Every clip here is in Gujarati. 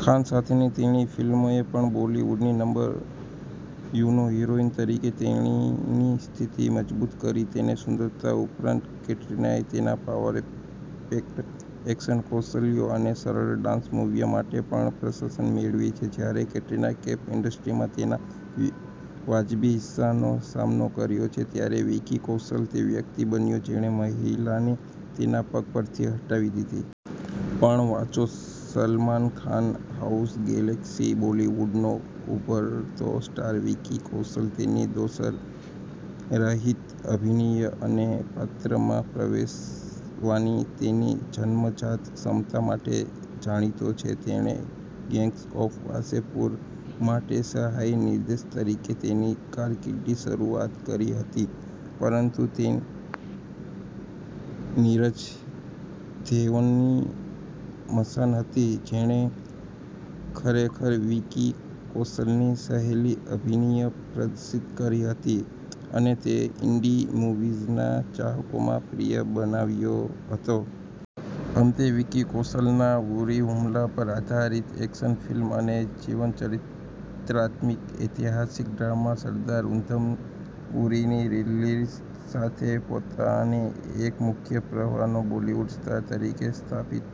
ખાન સાથેની તેણીની ફિલ્મોએ પણ બોલીવુડની નંબર યુનો હીરોઇન તરીકે તેણીની સ્થિતિ મજબૂત કરી. તેની સુંદરતા ઉપરાંત, કેટરિનાએ તેના પાવર-પેક્ડ એક્શન કૌશલ્યો અને સરળ ડાન્સ મૂવ્સ માટે પણ પ્રશંસા મેળવી છે. જ્યારે કેટરિના કૈફે ઇન્ડસ્ટ્રીમાં તેના વાજબી હિસ્સાનો સામનો કર્યો છે, ત્યારે વિકી કૌશલ તે વ્યક્તિ બન્યો જેણે મહિલાને તેના પગ પરથી હટાવી દીધી. પણ વાંચોસલમાન ખાન હાઉસગેલેક્સી બોલિવૂડનો ઉભરતો સ્ટાર, વિકી કૌશલ તેની દોષરહિત અભિનય અને પાત્રમાં પ્રવેશવાની તેની જન્મજાત ક્ષમતા માટે જાણીતો છે. તેણે ગેંગ્સ ઓફ વાસેપુર માટે સહાયક નિર્દેશક તરીકે તેની કારકિર્દીની શરૂઆત કરી હતી, પરંતુ તે નીરજ ઘેવાનની મસાન હતી જેણે ખરેખર વિકી કૌશલની સહેલી અભિનયને પ્રદર્શિત કરી હતી અને તેને ઇન્ડી મૂવીઝના ચાહકોમાં પ્રિય બનાવ્યો હતો. અંતે, વિકી કૌશલે ના ઉરી હુમલા પર આધારિત એક્શન ફિલ્મ અને જીવનચરિત્રાત્મક ઐતિહાસિક ડ્રામા સરદાર ઉધમ, ઉરીની રિલીઝ સાથે પોતાને એક મુખ્ય પ્રવાહના બોલિવૂડ સ્ટાર તરીકે સ્થાપિત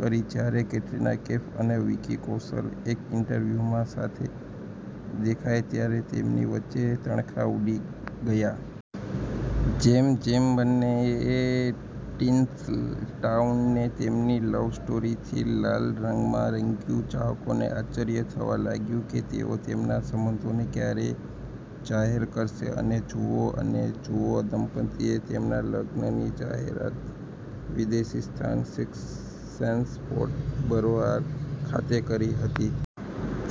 કરી. જ્યારે કેટરીના કૈફ અને વિકી કૌશલ એક ઈન્ટરવ્યુમાં સાથે દેખાયા ત્યારે તેમની વચ્ચે તણખા ઉડી ગયા. જેમ જેમબંનેએ ટિન્સેલટાઉનને તેમની લવ સ્ટોરીથી લાલ રંગમાં રંગ્યું, ચાહકોને આશ્ચર્ય થવા લાગ્યું કે તેઓ તેમના સંબંધોને ક્યારે જાહેર કરશે, અને જુઓ અને જુઓ, દંપતીએ તેમના લગ્નની જાહેરાત વિદેશી સ્થાન, સિક્સ સેન્સ ફોર્ટ બરવારા ખાતે કરી હતી!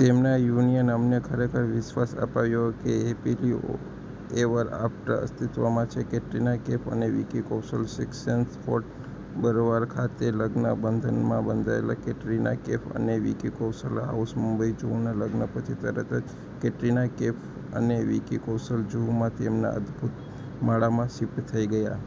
તેમના યુનિયને અમને ખરેખર વિશ્વાસ અપાવ્યો કે 'હૅપીલી એવર આફ્ટર' અસ્તિત્વમાં છે! કેટરિના કૈફ અને Vicky Kaushal six senses fort Barwara ખાતે લગ્નના બંધનમાં બંધાયા કેટરિના કૈફ અને વિકી કૌશલ હાઉસ મુંબઈજુહુમાં લગ્ન પછી તરત જ, કેટરિના કૈફ અને વિકી કૌશલ જુહુમાં તેમના અદભૂત માળામાં શિફ્ટ થઈ ગયા.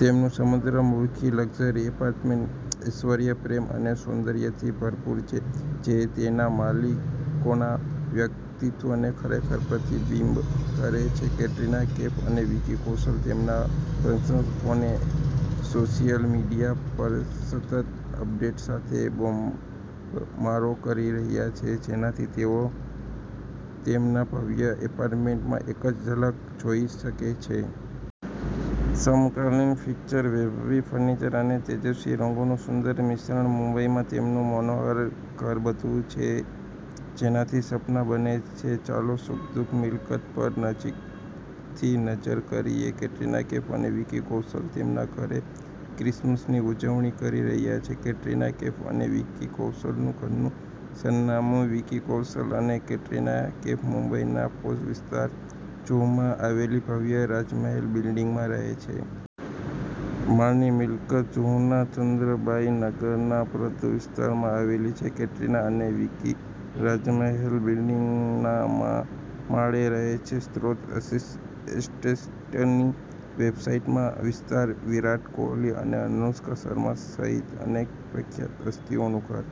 તેમનું સમુદ્ર-મુખી લક્ઝરી એપાર્ટમેન્ટ ઐશ્વર્ય, પ્રેમ અને સૌંદર્યથી ભરપૂર છે, જે તેના માલિકોના વ્યક્તિત્વને ખરેખર પ્રતિબિંબિત કરે છે. કેટરિના કૈફ અને વિકી કૌશલ તેમના પ્રશંસકોને સોશિયલ મીડિયા પર સતત અપડેટ્સ સાથે બોમ્બમારો કરી રહ્યા છે, જેનાથી તેઓ તેમના ભવ્ય એપાર્ટમેન્ટમાં એક ઝલક જોઈ શકે છે. સમકાલીન ફિક્સર, વૈભવી ફર્નિચર અને તેજસ્વી રંગોનું સુંદર મિશ્રણ, મુંબઈમાં તેમનું મનોહર ઘરબધું છે જેનાથી સપના બને છે! ચાલોસુખદ મિલકત પર નજીકથી નજર કરીએ. કેટરિના કૈફ અને વિકી કૌશલ તેમના ઘરે ક્રિસમસની ઉજવણી કરી રહ્યાં છે કેટરિના કૈફ અને વિકી કૌશલનું ઘરનું સરનામું વિકી કૌશલ અને કેટરિના કૈફ મુંબઈના પોશ વિસ્તાર જુહુમાં આવેલી ભવ્ય રાજમહેલ બિલ્ડિંગમાં રહે છે. માળની મિલકત જુહુના ચંદ્રબાઈ નગરના ભદ્ર વિસ્તારમાં આવેલી છે. કેટરિના અને વિકી રાજમહેલ બિલ્ડિંગના મા માળે રહે છે સ્રોતઃ આશિષ એસ્ટેટની વેબસાઈટઆ વિસ્તાર વિરાટ કોહલી અને અનુષ્કા શર્મા સહિત અનેક પ્રખ્યાત હસ્તીઓનું ઘર